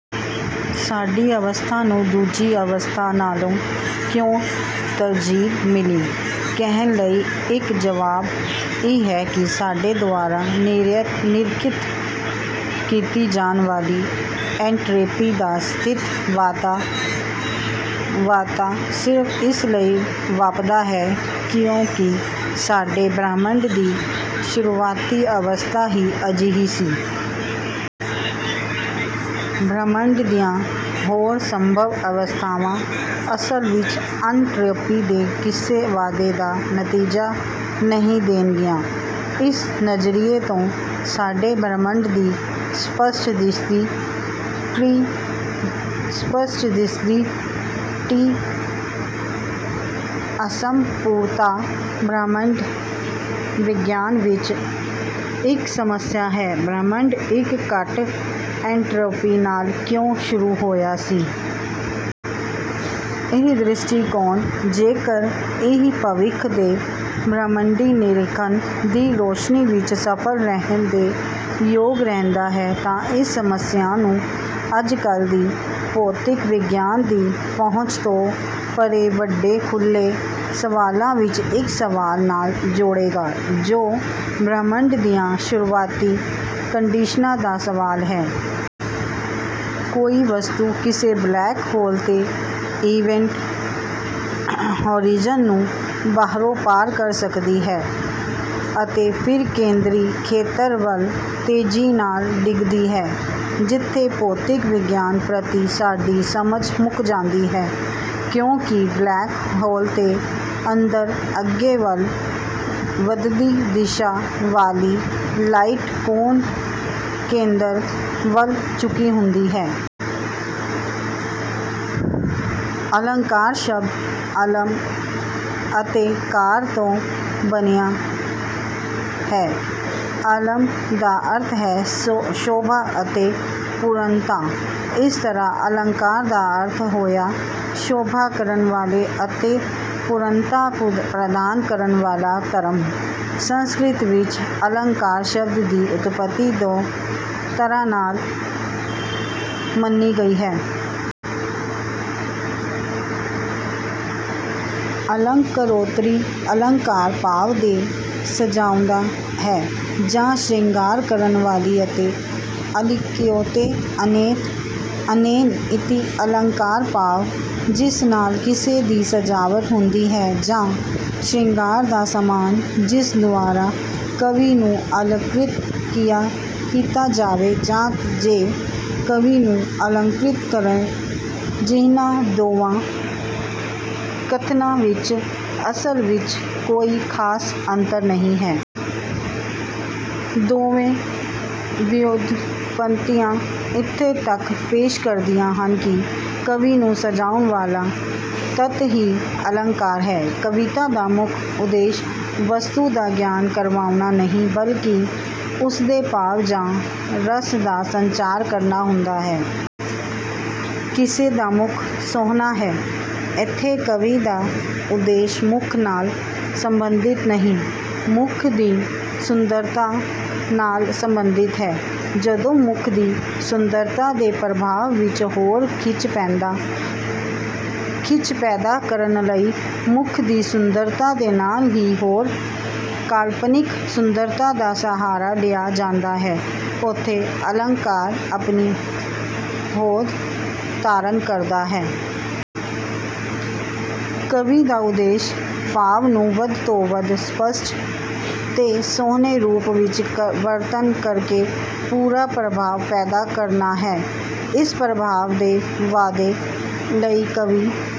ਸਾਡੀ ਅਵਸਥਾ ਨੂੰ ਦੂਜੀ ਅਵਸਥਾ ਨਾਲੋਂ ਕਿਉਂ ਤਰਜੀਹ ਮਿਲੀ? ਕਹਿਣ ਲਈ ਇੱਕ ਜਵਾਬ ਇਹ ਹੈ ਕਿ ਸਾਡੇ ਦੁਆਰਾ ਨਿਰੀਖਤ ਕੀਤੀ ਜਾਣ ਵਾਲੀ ਐਨਟ੍ਰੌਪੀ ਦਾ ਸਥਿਰ ਵਾਧਾ ਸਿਰਫ਼ ਇਸ ਲਈ ਵਾਪਰਦਾ ਹੈ ਕਿਉਂਕਿ ਸਾਡੇ ਬ੍ਰਹਿਮੰਡ ਦੀ ਸ਼ੁਰੂਆਤੀ ਅਵਸਥਾ ਹੀ ਅਜਿਹੀ ਸੀ। ਬ੍ਰਹਿਮੰਡ ਦੀਆਂ ਹੋਰ ਸੰਭਵ ਅਵਸਥਾਵਾਂ ਅਸਲ ਵਿੱਚ ਐਨਟ੍ਰੌਪੀ ਦੇ ਕਿਸੇ ਵਾਧੇ ਦਾ ਨਤੀਜਾ ਨਹੀਂ ਦੇਣਗੀਆਂ। ਇਸ ਨਜ਼ਰੀਏ ਤੋਂ, ਸਾਡੇ ਬ੍ਰਹਿਮੰਡ ਦੀ ਸਪਸ਼ਟ ਦਿਸਦੀ ਟੀ-ਅਸਮਰੂਪਤਾ ਬ੍ਰਹਿਮੰਡ ਵਿਗਿਆਨ ਵਿੱਚ ਇੱਕ ਸਮੱਸਿਆ ਹੈ ਬ੍ਰਹਿਮੰਡ ਇੱਕ ਘੱਟ ਐਨਟ੍ਰੌਪੀ ਨਾਲ ਕਿਉਂ ਸ਼ੁਰੂ ਹੋਇਆ ਸੀ? ਇਹ ਦ੍ਰਿਸ਼ਟੀਕੋਣ, ਜੇਕਰ ਇਹ ਭਵਿੱਖ ਦੇ ਬ੍ਰਹਿਮੰਡੀ ਨਿਰੀਖਣ ਦੀ ਰੋਸ਼ਨੀ ਵਿੱਚ ਸਫਲ ਰਹਿਣ ਦੇ ਯੋਗ ਰਹਿੰਦਾ ਹੈ, ਤਾਂ ਇਸ ਸਮੱਸਿਆ ਨੂੰ ਅੱਜਕੱਲ੍ਹ ਦੀ ਭੌਤਿਕ ਵਿਗਿਆਨ ਦੀ ਪਹੁੰਚ ਤੋਂ ਪਰੇ ਵੱਡੇ ਖੁੱਲ੍ਹੇ ਸਵਾਲਾਂ ਵਿੱਚੋਂ ਇੱਕ ਸਵਾਲ ਨਾਲ ਜੋੜੇਗਾ ਜੋ ਬ੍ਰਹਿਮੰਡ ਦੀਆਂ ਸ਼ੁਰੂਆਤੀ ਕੰਡੀਸ਼ਨਾਂ ਦਾ ਸਵਾਲ ਹੈ। ਕੋਈ ਵਸਤੂ ਕਿਸੇ ਬਲੈਕ ਹੋਲ ਦੇ ਇਵੈਂਟ ਹੌਰਿਜ਼ਨ ਨੂੰ ਬਾਹਰੋਂ ਪਾਰ ਕਰ ਸਕਦੀ ਹੈ, ਅਤੇ ਫਿਰ ਕੇਂਦਰੀ ਖੇਤਰ ਵੱਲ ਤੇਜ਼ੀ ਨਾਲ ਡਿੱਗਦੀ ਹੈ ਜਿੱਥੇ ਭੌਤਿਕ ਵਿਗਿਆਨ ਪ੍ਰਤੀ ਸਾਡੀ ਸਮਝ ਮੁੱਕ ਜਾਂਦੀ ਹੈ। ਕਿਉਂਕਿ ਬਲੈਕ ਹੋਲ ਦੇ ਅੰਦਰ ਅੱਗੇ ਵੱਲ ਵਧਦੀ ਦਿਸ਼ਾ ਵਾਲੀ ਲਾਈਟ ਕੋਨ ਕੇਂਦਰ ਵੱਲ ਝੁਕੀ ਹੁੰਦੀ ਹੈ। ਅਲੰਕਾਰ ਸ਼ਬਦ 'ਅਲੰਮ੍' ਅਤੇ 'ਕਾਰ' ਤੋਂ ਬਣਿਆ ਹੈ। 'ਅਲੰਮ੍' ਦਾ ਅਰਥ ਹੈ ਸ਼ੋਭਾ ਅਤੇ ਪੂਰਣਤਾ। ਇਸ ਤਰ੍ਹਾਂ ਅਲੰਕਾਰ ਦਾ ਅਰਥ ਹੋਇਆ ਸ਼ੋਭਾ ਕਰਨ ਵਾਲਾ ਅਤੇ ਪੂਰਣਤਾ ਪ੍ਰਦਾਨ ਕਰਨ ਵਾਲਾ ਧਰਮ। ਸੰਸਕ੍ਰਿਤ ਵਿੱਚ ਅਲੰਕਾਰ ਸ਼ਬਦ ਦੀ ਉਤਪੱਤੀ ਦੋ ਤਰ੍ਹਾਂ ਨਾਲ ਮੰਨੀ ਗਈ ਹੈ। 'ਅਲੰਕਰੋਤਿਤੀ ਅਲੰਕਾਰ' ਭਾਵ ਜੋ ਸਜਾਉਂਦਾ ਹੈ ਜਾਂ ਸ਼ਿੰਗਾਰ ਕਰਨ ਵਾਲਾ ਅਤੇ 'ਅਲੰਕ੍ਰਿਯਤੇ ਅਨੇਨ ਇਤਿ ਅਲੰਕਾਰ' ਭਾਵ ਜਿਸ ਨਾਲ ਕਿਸੇ ਦੀ ਸਜਾਵਟ ਹੁੰਦੀ ਹੈ ਜਾਂ ਸ਼ਿੰਗਾਰ ਦਾ ਸਮਾਨ। ਜਿਸ ਦੁਆਰਾ ਕਾਵਿ ਨੂੰ ਅਲੰਕ੍ਰਿਤ ਕੀਤਾ ਜਾਵੇ ਜਾਂ ਜੋ ਕਾਵਿ ਨੂੰ ਅਲੰਕ੍ਰਿਤ ਕਰੇ, ਇਹਨਾਂ ਦੋਵਾਂ ਕਥਨਾਂ ਵਿੱਚ ਅਸਲ ਵਿੱਚ ਕੋਈ ਖਾਸ ਅੰਤਰ ਨਹੀਂ ਹੈ। ਦੋਵੇਂ ਵਿਉਤਪੱਤੀਆਂ ਇਹੋ ਤੱਥ ਪੇਸ਼ ਕਰਦੀਆਂ ਹਨ ਕਿ ਕਾਵਿ ਨੂੰ ਸਜਾਉਣ ਵਾਲਾ ਤੱਤ ਹੀ ਅਲੰਕਾਰ ਹੈ। ਕਵਿਤਾ ਦਾ ਮੁੱਖ ਉਦੇਸ਼ ਵਸਤੂ ਦਾ ਗਿਆਨ ਕਰਵਾਉਣਾ ਨਹੀਂ, ਬਲਕਿ ਉਸਦੇ ਭਾਵ ਜਾਂ ਰਸ ਦਾ ਸੰਚਾਰ ਕਰਨਾ ਹੁੰਦਾ ਹੈ। "ਕਿਸੇ ਦਾ ਮੁੱਖ ਸੋਹਣਾ ਹੈ" - ਇੱਥੇ ਕਾਵਿ ਦਾ ਉਦੇਸ਼ ਮੁੱਖ ਨਾਲ ਸੰਬੰਧਿਤ ਨਹੀਂ, ਮੁੱਖ ਦੀ ਸੁੰਦਰਤਾ ਨਾਲ ਸੰਬੰਧਿਤ ਹੈ। ਜਦੋਂ ਮੁੱਖ ਦੀ ਸੁੰਦਰਤਾ ਦੇ ਪ੍ਰਭਾਵ ਵਿੱਚ ਹੋਰ ਖਿੱਚ ਪੈਦਾ ਕਰਨ ਲਈ ਮੁੱਖ ਦੀ ਸੁੰਦਰਤਾ ਦੇ ਨਾਲ ਹੀ ਹੋਰ ਕਾਲਪਨਿਕ ਸੁੰਦਰਤਾ ਦਾ ਸਹਾਰਾ ਲਿਆ ਜਾਂਦਾ ਹੈ, ਉੱਥੇ ਅਲੰਕਾਰ ਆਪਣੀ ਹੋਂਦ ਧਾਰਨ ਕਰਦਾ ਹੈ। ਕਵੀ ਦਾ ਉਦੇਸ਼ ਭਾਵ ਨੂੰ ਵੱਧ ਤੋਂ ਵੱਧ ਸਪਸ਼ਟ ਤੇ ਸੋਹਣੇ ਰੂਪ ਵਿੱਚ ਵਰਣਨ ਕਰਕੇ ਪੂਰਾ ਪ੍ਰਭਾਵ ਪੈਦਾ ਕਰਨਾ ਹੈ। ਇਸ ਪ੍ਰਭਾਵ ਦੇ ਵਾਧੇ ਲਈ ਕਵੀ